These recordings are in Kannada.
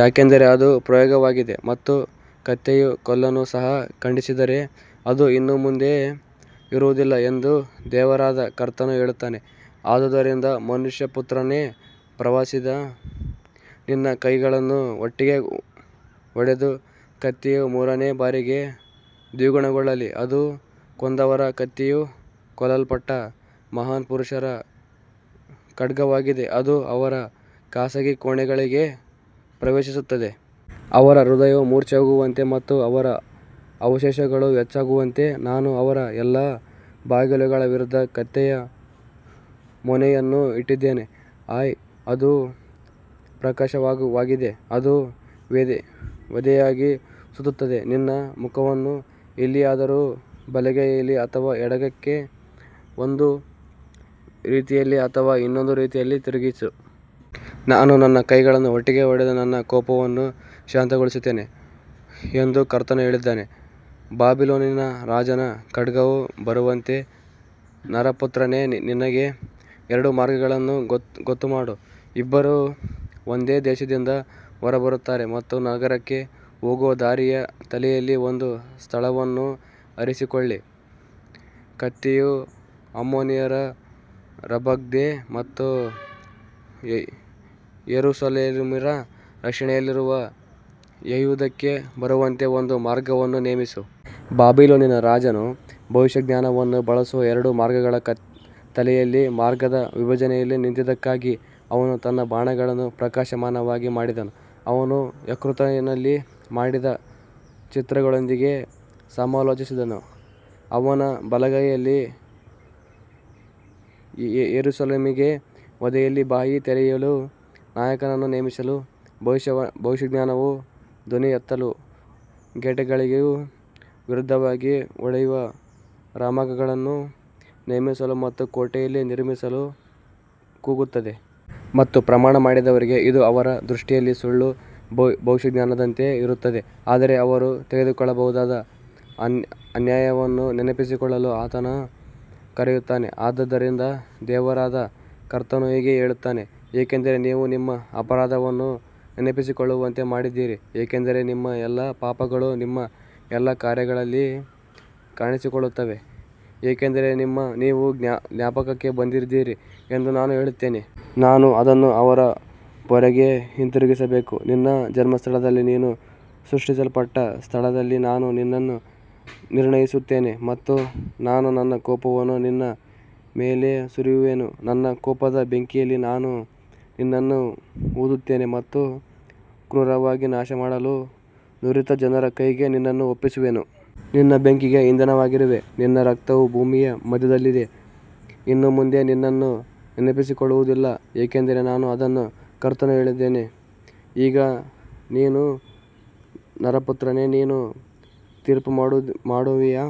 ಯಾಕಂದರೆ ಅದು ಪ್ರಯೋಗವಾಗಿದೆ ಮತ್ತು ಕತ್ತಿಯು ಕೋಲನ್ನು ಸಹ ಖಂಡಿಸಿದರೆ ಅದು ಇನ್ನು ಮುಂದೆ ಇರುವುದಿಲ್ಲ ಎಂದು ದೇವರಾದ ಕರ್ತನು ಹೇಳುತ್ತಾನೆ. ಆದುದರಿಂದ ಮನುಷ್ಯಪುತ್ರನೇ, ಪ್ರವಾಸಿದ, ನಿನ್ನ ಕೈಗಳನ್ನು ಒಟ್ಟಿಗೆ ಹೊಡೆದು, ಕತ್ತಿಯು ಮೂರನೇ ಬಾರಿಗೆ ದ್ವಿಗುಣಗೊಳ್ಳಲಿ. ಅದು ಕೊಂದವರ ಕತ್ತಿಯು, ಕೊಲ್ಲಲ್ಪಟ್ಟ ಮಹಾನ್ ಪುರುಷರ ಖಡ್ಗವಾಗಿದೆ, ಅದು ಅವರ ಖಾಸಗಿ ಕೋಣೆಗಳಿಗೆ ಪ್ರವೇಶಿಸುತ್ತದೆ. ಅವರ ಹೃದಯವು ಮೂರ್ಛೆಹೋಗುವಂತೆ ಮತ್ತು ಅವರ ಅವಶೇಷಗಳು ಹೆಚ್ಚಾಗುವಂತೆ ನಾನು ಅವರ ಎಲ್ಲಾ ಬಾಗಿಲುಗಳ ವಿರುದ್ಧ ಕತ್ತೆಯ ಮೊನೆಯನ್ನು ಇಟ್ಟಿದ್ದೇನೆ. ಆಹ್, ಅದು ಪ್ರಕಾಶವಾಗಿದೆ, ಅದು ವೇದೇ ವಧೆಗಾಗಿ ಸುತ್ತುತ್ತದೆ. ನಿನ್ನ ಮುಖವನ್ನು ಎಲ್ಲಿಯಾದರೂ ಬಲಗೈಯಲ್ಲಿ ಅಥವಾ ಎಡಗಕ್ಕೆ, ಒಂದು ರೀತಿಯಲ್ಲಿ ಅಥವಾ ಇನ್ನೊಂದು ರೀತಿಯಲ್ಲಿ ತಿರುಗಿಸು. ನಾನು ನನ್ನ ಕೈಗಳನ್ನು ಒಟ್ಟಿಗೆ ಹೊಡೆದು ನನ್ನ ಕೋಪವನ್ನು ಶಾಂತಗೊಳಿಸುತ್ತೇನೆ ಎಂದು ಕರ್ತನು ಹೇಳಿದ್ದಾನೆ. ಬಾಬಿಲೋನಿನ ರಾಜನ ಖಡ್ಗವು ಬರುವಂತೆ ನರಪುತ್ರನೇ, ನಿನಗೆ ಎರಡು ಮಾರ್ಗಗಳನ್ನು ಗೊತ್ತುಮಾಡು. ಇಬ್ಬರೂ ಒಂದೇ ದೇಶದಿಂದ ಹೊರಬರುತ್ತಾರೆ ಮತ್ತು ನಗರಕ್ಕೆ ಹೋಗುವ ದಾರಿಯ ತಲೆಯಲ್ಲಿ ಒಂದು ಸ್ಥಳವನ್ನು ಆರಿಸಿಕೊಳ್ಳಿ. ಕತ್ತಿಯು ಅಮ್ಮೋನಿಯರ ರಬ್ಬತ್ಗೆ ಮತ್ತು ಯೆರೂಸಲೇಮಿನ ರಕ್ಷಣೆಯಲ್ಲಿರುವ ಯೆಹೂದಕ್ಕೆ ಬರುವಂತೆ ಒಂದು ಮಾರ್ಗವನ್ನು ನೇಮಿಸು. ಬಾಬಿಲೋನಿನ ರಾಜನು ಭವಿಷ್ಯಜ್ಞಾನವನ್ನು ಬಳಸುವ ಎರಡು ಮಾರ್ಗಗಳ ತಲೆಯಲ್ಲಿ ಮಾರ್ಗದ ವಿಭಜನೆಯಲ್ಲಿ ನಿಂತಿದ್ದಕ್ಕಾಗಿ, ಅವನು ತನ್ನ ಬಾಣಗಳನ್ನು ಪ್ರಕಾಶಮಾನವಾಗಿ ಮಾಡಿದನು, ಅವನು ಯಕೃತ್ತಿನಲ್ಲಿ ನೋಡಿದ ಚಿತ್ರಗಳೊಂದಿಗೆ ಸಮಾಲೋಚಿಸಿದನು. ಅವನ ಬಲಗೈಯಲ್ಲಿ ಯೆರೂಸಲೇಮಿಗೆ ವಧೆಯಲ್ಲಿ ಬಾಯಿ ತೆರೆಯಲು ನಾಯಕರನ್ನು ನೇಮಿಸಲು, ಭವಿಷ್ಯಜ್ಞಾನವು ಧ್ವನಿ ಎತ್ತಲು, ಗೇಟ್ಗಳಿಗೆ ವಿರುದ್ಧವಾಗಿ ಬಡಿಯುವ ರಾಮ್ಗಳನ್ನು ನೇಮಿಸಲು ಮತ್ತು ಕೋಟೆಯನ್ನು ನಿರ್ಮಿಸಲು ಕೂಗುತ್ತದೆ. ಮತ್ತು ಪ್ರಮಾಣ ಮಾಡಿದವರಿಗೆ ಇದು ಅವರ ದೃಷ್ಟಿಯಲ್ಲಿ ಸುಳ್ಳು ಭವಿಷ್ಯಜ್ಞಾನದಂತೆ ಇರುತ್ತದೆ, ಆದರೆ ಅವರು ತೆಗೆದುಕೊಳ್ಳಬಹುದಾದ ಅನ್ಯಾಯವನ್ನು ನೆನಪಿಸಿಕೊಳ್ಳಲು ಆತನು ಕರೆಯುತ್ತಾನೆ. ಆದದರಿಂದ ದೇವರಾದ ಕರ್ತನು ಹೀಗೆ ಹೇಳುತ್ತಾನೆ, ಏಕೆಂದರೆ ನೀವು ನಿಮ್ಮ ಅಪರಾಧವನ್ನು ನೆನಪಿಸಿಕೊಳ್ಳುವಂತೆ ಮಾಡಿದ್ದೀರಿ, ಏಕೆಂದರೆ ನಿಮ್ಮ ಎಲ್ಲಾ ಪಾಪಗಳು ನಿಮ್ಮ ಎಲ್ಲಾ ಕಾರ್ಯಗಳಲ್ಲಿ ಕಾಣಿಸಿಕೊಳ್ಳುತ್ತವೆ, ಏಕೆಂದರೆ ನಿಮ್ಮ ನೀವು ಜ್ಞಾಪಕಕ್ಕೆ ಬಂದಿದ್ದೀರಿ ಎಂದು ನಾನು ಹೇಳುತ್ತೇನೆ. ನಾನು ಅದನ್ನು ಅವನ ಪೊರೆಗೆ ಹಿಂತಿರುಗಿಸಬೇಕೇ, ನಿನ್ನ ಜನ್ಮಸ್ಥಳದಲ್ಲಿ ನೀನು ಸೃಷ್ಟಿಸಲ್ಪಟ್ಟ ಸ್ಥಳದಲ್ಲಿ ನಾನು ನಿನ್ನನ್ನು ನಿರ್ಣಯಿಸುತ್ತೇನೆ ಮತ್ತು ನಾನು ನನ್ನ ಕೋಪವನ್ನು ನಿನ್ನ ಮೇಲೆ ಸುರಿಯುವೆನು. ನನ್ನ ಕೋಪದ ಬೆಂಕಿಯಲ್ಲಿ ನಾನು ನಿನ್ನನ್ನು ಊದುತ್ತೇನೆ ಮತ್ತು ಕ್ರೂರವಾಗಿ ನಾಶಮಾಡಲು ನುರಿತ ಜನರ ಕೈಗೆ ನಿನ್ನನ್ನು ಒಪ್ಪಿಸುವೆನು. ನೀನು ಬೆಂಕಿಗೆ ಇಂಧನವಾಗಿರುವೆ, ನಿನ್ನ ರಕ್ತವು ಭೂಮಿಯ ಮಧ್ಯದಲ್ಲಿದೆ, ಇನ್ನು ಮುಂದೆ ನಿನ್ನನ್ನು ನೆನಪಿಸಿಕೊಳುವುದಿಲ್ಲ, ಏಕೆಂದರೆ ನಾನು ಅದನ್ನು ಕರ್ತನು ಹೇಳಿದ್ದೇನೆ. ಈಗ ನೀನು ನರಪುತ್ರನೇ, ನೀನು ತೀರ್ಪುಮಾಡುವಿಯಾ,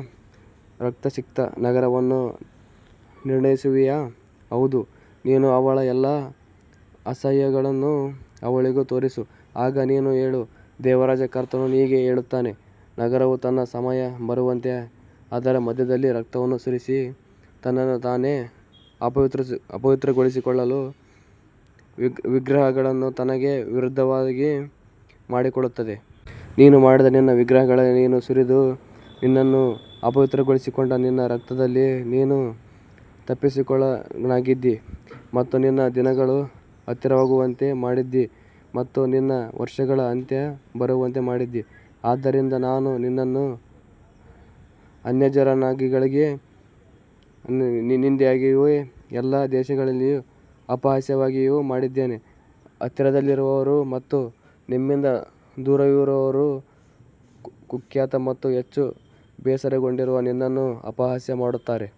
ರಕ್ತಸಿಕ್ತ ನಗರವನ್ನು ನಿರ್ಣಯಿಸುವಿಯಾ? ಹೌದು, ನೀನು ಅವಳ ಎಲ್ಲಾ ಅಸಹ್ಯಗಳನ್ನು ಅವಳಿಗೆ ತೋರಿಸು. ಆಗ ನೀನು ಹೇಳು, ದೇವರಾದ ಕರ್ತನು ಹೀಗೆ ಹೇಳುತ್ತಾನೆ, ನಗರವು ತನ್ನ ಸಮಯ ಬರುವಂತೆ ಅದರ ಮಧ್ಯದಲ್ಲಿ ರಕ್ತವನ್ನು ಸುರಿಸಿ ತನ್ನನ್ನು ತಾನೇ ಅಪವಿತ್ರಗೊಳಿಸಿಕೊಳ್ಳಲು ವಿಗ್ರಹಗಳನ್ನು ತನಗೆ ವಿರುದ್ಧವಾಗಿ ಮಾಡಿಕೊಳ್ಳುತ್ತದೆ. ನೀನು ಮಾಡಿದ ನಿನ್ನ ವಿಗ್ರಹಗಳಲ್ಲಿ ನೀನು ಸುರಿದು ನಿನ್ನನ್ನು ಅಪವಿತ್ರಗೊಳಿಸಿಕೊಂಡ ನಿನ್ನ ರಕ್ತದಲ್ಲಿ ನೀನು ತಪ್ಪಸಿ ಕೊಳನಾಗಿದ್ದೀ ಮತ್ತು ನಿನ್ನ ದಿನಗಳು ಹತ್ತಿರವಾಗುವಂತೆ ಮಾಡಿದ್ದೀ ಮತ್ತು ನಿನ್ನ ವರ್ಷಗಳ ಅಂತ್ಯ ಬರುವಂತೆ ಮಾಡಿದ್ದೀ. ಆದ್ದರಿಂದ ನಾನು ನಿನ್ನನ್ನು ಅನ್ಯಜನಾಂಗಗಳಿಗೆ ನಿಂದೆಯಾಗಿಯೂ ಎಲ್ಲಾ ದೇಶಗಳಿಗೆ ಅಪಹಾಸ್ಯವಾಗಿಯೂ ಮಾಡಿದ್ದೇನೆ. ಹತ್ತಿರದಲ್ಲಿರುವವರು ಮತ್ತು ನಿಮ್ಮಿಂದ ದೂರವಿರುವವರು ಕುಖ್ಯಾತ ಮತ್ತು ಹೆಚ್ಚು ಬೇಸರಗೊಂಡಿರುವ ನಿನ್ನನ್ನು ಅಪಹಾಸ್ಯ ಮಾಡುತ್ತಾರೆ.